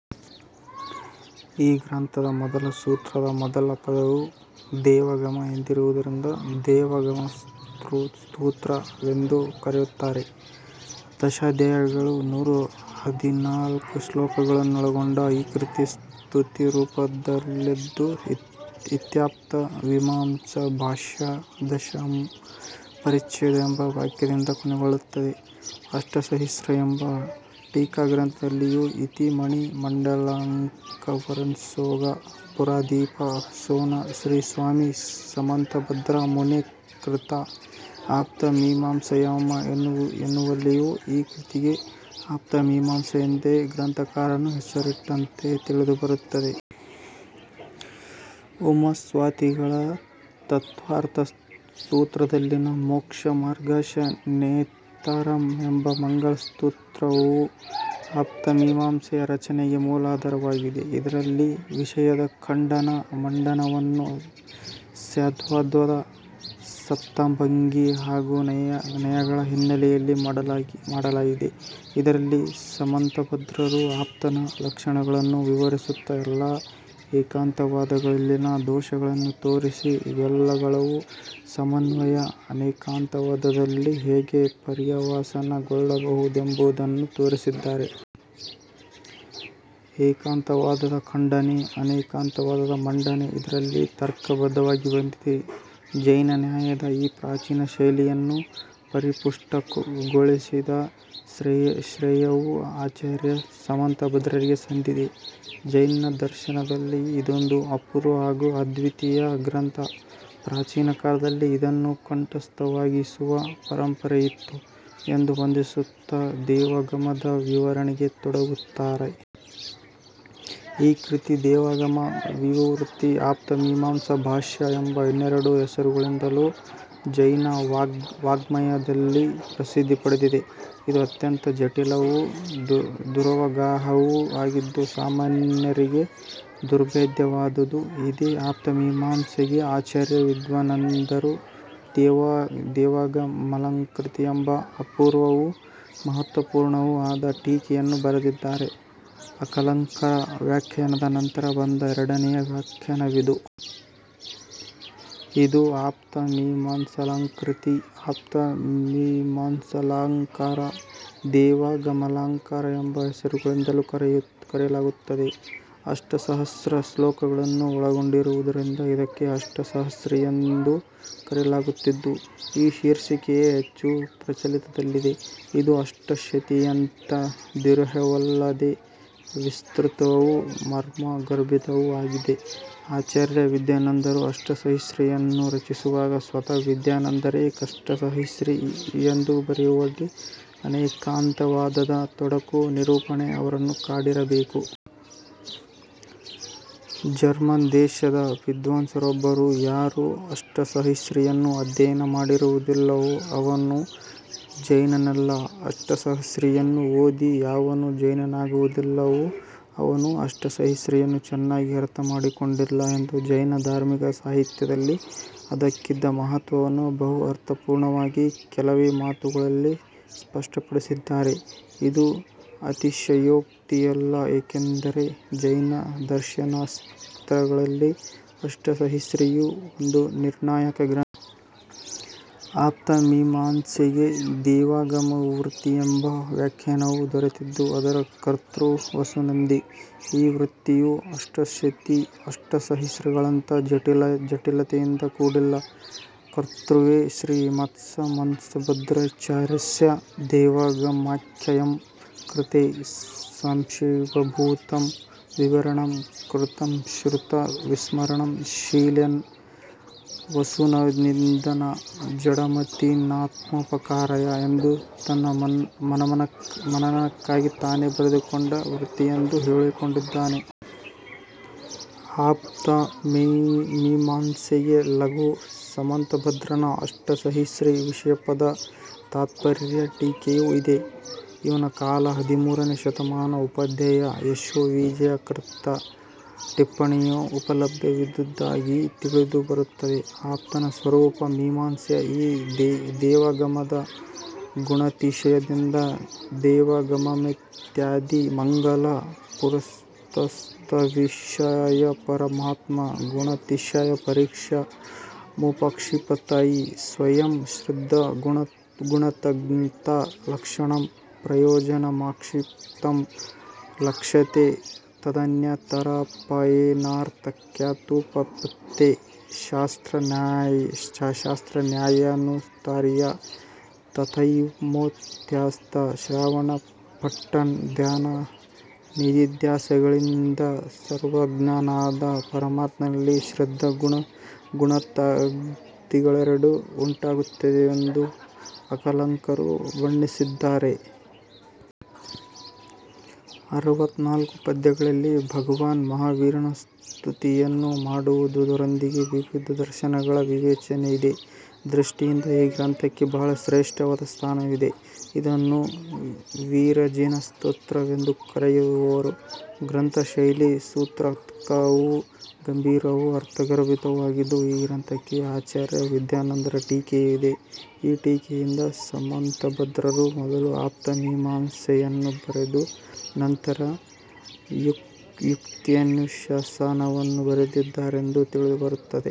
ಈ ಗ್ರಂಥದ ಮೊದಲ ಸೂತ್ರದ ಮೊದಲ ಪದವು 'ದೇವಾಗಮ ಎಂದಿರುವುದರಿಂದ 'ದೇವಾಗಮ ಸ್ತೋತ್ರ ವೆಂದು ಕರೆಯುತ್ತಾರೆ. ದಶಾಧ್ಯಾಯಗಳು ನೂರ ಹದಿನಾಲ್ಕು ಶ್ಲೋಕಗಳನ್ನೊಳಗೊಂಡ ಈ ಕೃತಿ ಸ್ತುತಿ ರೂಪದಲ್ಲಿದ್ದು ಇತ್ಯಾಪ್ತ ಮೀಮಾಂಸಾ ಭಾಷ್ಯೇ ದಶಮಃ ಪರಿಚ್ಛೇದಃ ಎಂಬ ವಾಕ್ಯದಿಂದ ಕೊನೆಗೊಳ್ಳುತ್ತದೆ. ಅಷ್ಟಸಹಸ್ರಿ ಎಂಬ ಟೀಕಾಗ್ರಂಥದಲ್ಲಿಯೂ ಇತಿ ಮಣಿ ಮಂಡಲಾಲಂಕಾರವಸ್ಸೋರಗ ಪುರಾದೀಪ ಸೂನೋಃ ಶ್ರೀ ಸ್ವಾಮಿ ಸಮಂತಭದ್ರ ಮುನೇಃ ಕೃತಾ ಅಪ್ತಮಿಮಾಂಸಾಯಾಮ್ ಎನ್ನುವಲ್ಲಿಯೂ ಈ ಕೃತಿಗೆ ಅಪ್ತಮಿಮಾಂಸಾ ಎಂದೇ ಗ್ರಂಥಕಾರನು ಹೆಸರಿಟ್ಟಂತೆ ತಿಳಿದುಬರುತ್ತದೆ. ಉಮಾಸ್ವಾತಿಗಳ ತತ್ತ್ವಾರ್ಥ ಸೂತ್ರದಲ್ಲಿನ ಮೋಕ್ಷ ಮಾರ್ಗಸ್ಯ ನೇತಾರಂ ಎಂಬ ಮಂಗಳ ಸ್ತ್ರೋತ್ರವು ಆಪ್ರಮೀಮಾಂಸೆಯ ರಚನೆಗೆ ಮೂಲಾಧಾರವಾಗಿದೆ. ಇದರಲ್ಲಿ ವಿಷಯದ ಖಂಡನ ಮಂಡನವನ್ನು ಸ್ಯಾದ್ವಾದದ ಸಪ್ತಭಂಗಿ ಹಾಗೂ ನಯಗಳ ಹಿನ್ನೆಲೆಯಲ್ಲಿ ಮಾಡಲಾಗಿದೆ. ಇದರಲ್ಲಿ ಸಮಂತಭದ್ರರು ಆಪ್ತನ ಲಕ್ಷಣಗಳನ್ನು ವಿವರಿಸುತ್ತಾ ಎಲ್ಲಾ ಏಕಾಂತವಾದಗಳಲ್ಲಿನ ದೋಷಗಳನ್ನು ತೋರಿಸಿ ಇವೆಲ್ಲವುಗಳ ಸಮನ್ವಯ ಅನೇಕಾಂತವಾದದಲ್ಲಿ ಹೇಗೆ ಪರ್ಯಾವಸಾನ ಗೊಳ್ಳಬಲ್ಲದೆಂಬುದನ್ನು ತೋರಿಸಿದ್ದಾರೆ. ಏಕಾಂತವಾದದ ಖಂಡನೆ, ಅನೇಕಾಂತವಾದದ ಮಂಡನೆ ಇದರಲ್ಲಿ ತರ್ಕಬದ್ಧವಾಗಿ ಬಂದಿದೆ. ಜೈನ ನ್ಯಾಯದ ಈ ಪ್ರಾಚೀನ ಶೈಲಿಯನ್ನು ಪರಿಪುಷ್ಠ ಗೊಳಿಸಿದ ಶ್ರೇಯವು ಆಚಾರ್ಯ ಸಮಂತಭದ್ರರಿಗೆ ಸಂದಿದೆ. ಜೈನದರ್ಶನದಲ್ಲಿ ಇದೊಂದು ಅಪೂರ್ವ ಹಾಗೂ ಅದ್ವಿತೀಯ ಗ್ರಂಥ. ಪ್ರಾಚೀನ ಕಾಲದಲ್ಲಿ ಇದನ್ನು ಕಂಠಸ್ಥವಾಗಿಸುವ ಪರಂಪರೆಯಿತ್ತು. ಎಂದು ವಂದಿಸುತ್ತಾ ದೇವಾಗಮದ ವಿವರಣೆಗೆ ತೊಡಗುತ್ತಾರೆ. ಈ ಕೃತಿ ದೇವಾಗಮ ವಿವೃತಿ ಆಪ್ತಮೀಮಾಂಸ ಭಾಷ್ಯ ಎಂಬ ಇನ್ನೆರಡು ಹೆಸರುಗಳಿಂದಲೂ ಜೈನ ವಾಙ್ಮಯದಲ್ಲಿ ಪ್ರಸಿದ್ಧಿ ಪಡೆದಿದೆ. ಇದು ಅತ್ಯಂತ ಜಟಿಲವೂ ದುರವಗಾಹವೂ ಆಗಿದ್ದು ಸಾಮಾನ್ಯರಿಗೆ ದುರ್ಭೇಧ್ಯವಾದುದು. ಇದೇ ಆಪ್ತಮಿಮಾಂಸೆಗೆ ಆಚಾರ್ಯ ವಿದ್ಯಾನಂದರು ದೇವಾಗಮಾಲಂಕೃತಿ ಎಂಬ ಅಪೂರ್ವವೂ ಮಹತ್ತ್ವಪೂರ್ಣವೂ ಆದ ಟೀಕೆಯನ್ನು ಬರೆದಿದ್ದಾರೆ. ಅಕಲಂಕರ ವ್ಯಾಖ್ಯಾನದ ನಂತರ ಬಂದ ಎರಡನೆಯ ವ್ಯಾಖ್ಯಾನವಿದು. ಇದು ಆಪ್ತಮಿಮಾಂಸಾಲಂಕೃತಿ ಆಪ್ತಮಿಮಾಂಸಾಲಂಕಾರ ದೇವಾಗಮಾಲಂಕಾರ ಎಂಬ ಹೆಸರುಗಳಿಂದಲೂ ಕರೆಯಲಾಗುತ್ತದೆ. ಅಷ್ಟಸಹಸ್ರ ಶ್ಲೋಕಗಳನ್ನು ಒಳಗೊಂಡಿರುವುದರಿಂದ ಇದಕ್ಕೆ ಅಷ್ಟಸಹಸ್ರಿ ಎಂದೂ ಕರೆಯಲಾಗುತ್ತಿದ್ದು, ಈ ಶೀರ್ಷಿಕೆಯೇ ಹೆಚ್ಚು ಪ್ರಚಲಿತದಲ್ಲಿದೆ. ಇದು ಅಷ್ಟಶತಿಯಂತೆ ದುರೂಹ್ಯವಲ್ಲದೆ ವಿಸ್ತೃತವೂ ಮರ್ಮ ಗರ್ಭಿತವೂ ಆಗಿದೆ. ಆಚಾರ್ಯ ವಿದ್ಯಾನಂದರು ಅಷ್ಟಸಹಸ್ರೀಯನ್ನು ರಚಿಸುವಾಗ ಸ್ವತಃ ವಿದ್ಯಾನಂದರೆ 'ಕಷ್ಟಸಹಸ್ರಿ ಎಂದು ಬರೆಯುವಲ್ಲಿ ಅನೇಕಾಂತವಾದದ ತೊಡಕು- ನಿರೂಪಣೆ ಅವರನ್ನು ಕಾಡಿರಬೇಕು. ಜರ್ಮನ್ ದೇಶದ ವಿದ್ವಾಂಸರೊಬ್ಬರು ಯಾರು ಅಷ್ಟಸಹಸ್ರಿಯನ್ನು ಅಧ್ಯಯನ ಮಾಡಿರುವುದಿಲ್ಲವೋ ಅವನು ಜೈನನಲ್ಲ. ಅಷ್ಟಸಹಸ್ರಿಯನ್ನು ಓದಿ ಯಾವನು ಜೈನನಾಗುವುದಿಲ್ಲವೋ ಅವನು ಅಷ್ಟಸಹಸ್ರಿಯನ್ನು ಚೆನ್ನಾಗಿ ಅರ್ಥಮಾಡಿಕೊಂಡಿಲ್ಲ ಎಂದು ಜೈನ ಧಾರ್ಮಿಕ ಸಾಹಿತ್ಯದಲ್ಲಿ ಅದಕ್ಕಿದ್ದ ಮಹತ್ವವನ್ನು ಬಹು ಅರ್ಥಪೂರ್ಣವಾಗಿ ಕೆಲವೇ ಮಾತುಗಳಲ್ಲಿ ಸ್ಪಷ್ಟಪಡಿಸಿದ್ದಾರೆ. ಇದು ಅತಿಶಯೋಕ್ತಿಯಲ್ಲ. ಏಕೆಂದರೆ ಜೈನ ದರ್ಶನಶಾಸ್ತ್ರಗಳಲ್ಲಿ ಅಷ್ಟಸಹಸ್ರಿಯು ಒಂದು ನಿರ್ಣಾಯಕ ಗ್ರಂಥ. ಆಪ್ತಮಿಮಾಂಸೆಗೆ ದೇವಾಗಮವೃತ್ತಿಯೆಂಬ ವ್ಯಾಖ್ಯಾನವೂ ದೊರೆತಿದ್ದು ಅದರ ಕರ್ತೃ ವಸುನಂದಿ. ಈ ವೃತ್ತಿಯು ಅಷ್ಟಶತಿ ಅಷ್ಟಸಹಸ್ರಿಗಳಂತೆ ಜಟಲತೆಯಿಂದ ಕೂಡಿಲ್ಲ. ಕರ್ತೃವೇ ಶ್ರೀ ಮತ್ಸಮನ್ತಭದ್ರಾಚಾರ್ಯಸ್ಯ ದೇವಾಗಮಾಖ್ಯಾಯಾಃ ಕೃತೇ ಸಂಕ್ಷೇಪಭೂತಂ ವಿವರಣಂ ಕೃತಂ ಶ್ರುತ ವಿಸ್ಮರಣ ಶೀಲೇನ ವಸುನನ್ದಿನಾ ಜಡಮತಿನಾತ್ಮೋಪಕಾರಾಯ ಎಂದು ತನ್ನ ಮನನಕ್ಕಾಗಿ ತಾನೇ ಬರೆದುಕೊಂಡ ವೃತ್ತಿಯೆಂದು ಹೇಳಿಕೊಂಡಿದ್ದಾನೆ. ಆಪ್ತಮಿಮಾಂಸೆಗೆ ಲಘು ಸಮಂತಭದ್ರನ ಅಷ್ಟ ಸಹಸ್ರೀ ವಿಷಮಪದ ತಾತ್ಪರ್ಯ ಟೀಕೆಯೂ ಇದೆ. ಇವನ ಕಾಲ ಹದಿಮೂರನೇ ಶತಮಾನ. ಉಪಾಧ್ಯಾಯ ಯಶೋವಿಜಯ ಕೃತ ಟಿಪ್ಪಣಿಯೂ ಉಪಲಬ್ಧವಿದ್ದುದಾಗಿ ತಿಳಿದು ಬರುತ್ತದೆ. ಆಪ್ತನ ಸ್ವರೂಪ ಮಿಮಾಂಸೆಯ ಈ ದೇವಾಗಮದ ಗುಣಾತಿಶಯದಿಂದ ದೇವಾಗಮಮೇತ್ಯಾದಿ ಮಂಗಲ ಪುರಸ್ಸರಸ್ತವವಿಷಯಪರಮಾತ್ಮ ಗುಣಾತಿಶಯ ಪರೀಕ್ಷಾ ಮುಪಕ್ಷಿಪತೈವ ಸ್ವಯಂ ಶ್ರದ್ಧಾ ಗುಣಜ್ಞತಾ ಲಕ್ಷಣಂ ಪ್ರಯೋಜನಮಾಕ್ಷಿಪ್ತಂ ಲಕ್ಷ್ಯತೇ; ತದನ್ಯತರಾಪಾಯೇನರ್ಥಕ್ಯಾನುಪಪತ್ತೇಃ ಶಾಸ್ತ್ರನ್ಯಾಯಾನುಸಾರಿತಯಾ ತಥೈವೋಪನ್ಯಾಸಾತ್ - ಶ್ರವಣ-ಪಠಣ-ಧ್ಯಾನ-ನಿದಿಧ್ಯಾಸನಾದಿಗಳಿಂದ ಸರ್ವಜ್ಞನಾದ ಪರಮಾತ್ಮನಲ್ಲಿ ಶ್ರದ್ಧಾ ಗುಣಜ್ಞತಾದಿಗಳೆರಡೂ ಉಂಟಾಗುತ್ತವೆಂದು ಅಕಲಂಕರು ಬಣ್ಣಿಸಿದ್ದಾರೆ. ಅರವತ್ನಾಲ್ಕು ಪದ್ಯಗಳಲ್ಲಿ ಭಗವಾನ ಮಹಾವೀರನ ಸ್ತುತಿಯನ್ನು ಮಾಡುವುದರೊಂದಿಗೆ ವಿವಿಧ ದರ್ಶನಗಳ ವಿವೇಚನೆಯಿದೆ. ದೃಷ್ಟಿಯಿಂದ ಈ ಗ್ರಂಥಕ್ಕೆ ಬಹಳ ಶ್ರೇಷ್ಠವಾದ ಸ್ಥಾನವಿದೆ. ಇದನ್ನು 'ವೀರಜಿನಸ್ತೋತ್ರವೆಂದೂ ಕರೆಯುವರು. ಗ್ರಂಥ ಶೈಲಿ ಸೂತ್ರಾತ್ಮಕವೂ, ಗಂಭೀರವೂ, ಅರ್ಥಗರ್ಭಿತವೂ ಆಗಿದ್ದು ಈ ಗ್ರಂಥಕ್ಕೆ ಅಚಾರ್ಯ ವಿದ್ಯಾನಂದರ ಟೀಕೆಯೂ ಇದೆ. ಈ ಟೀಕೆಯಿಂದ ಸಮಂತಭದ್ರರು ಮೊದಲು ಆಪ್ತಮಿಮಾಂಸೆಯನ್ನು ಬರೆದು, ನಂತರ ಯುಕ್ತ್ಯನುಶಾಸನವನ್ನು ಬರೆದರೆಂದು ತಿಳಿದು ಬರುತ್ತದೆ.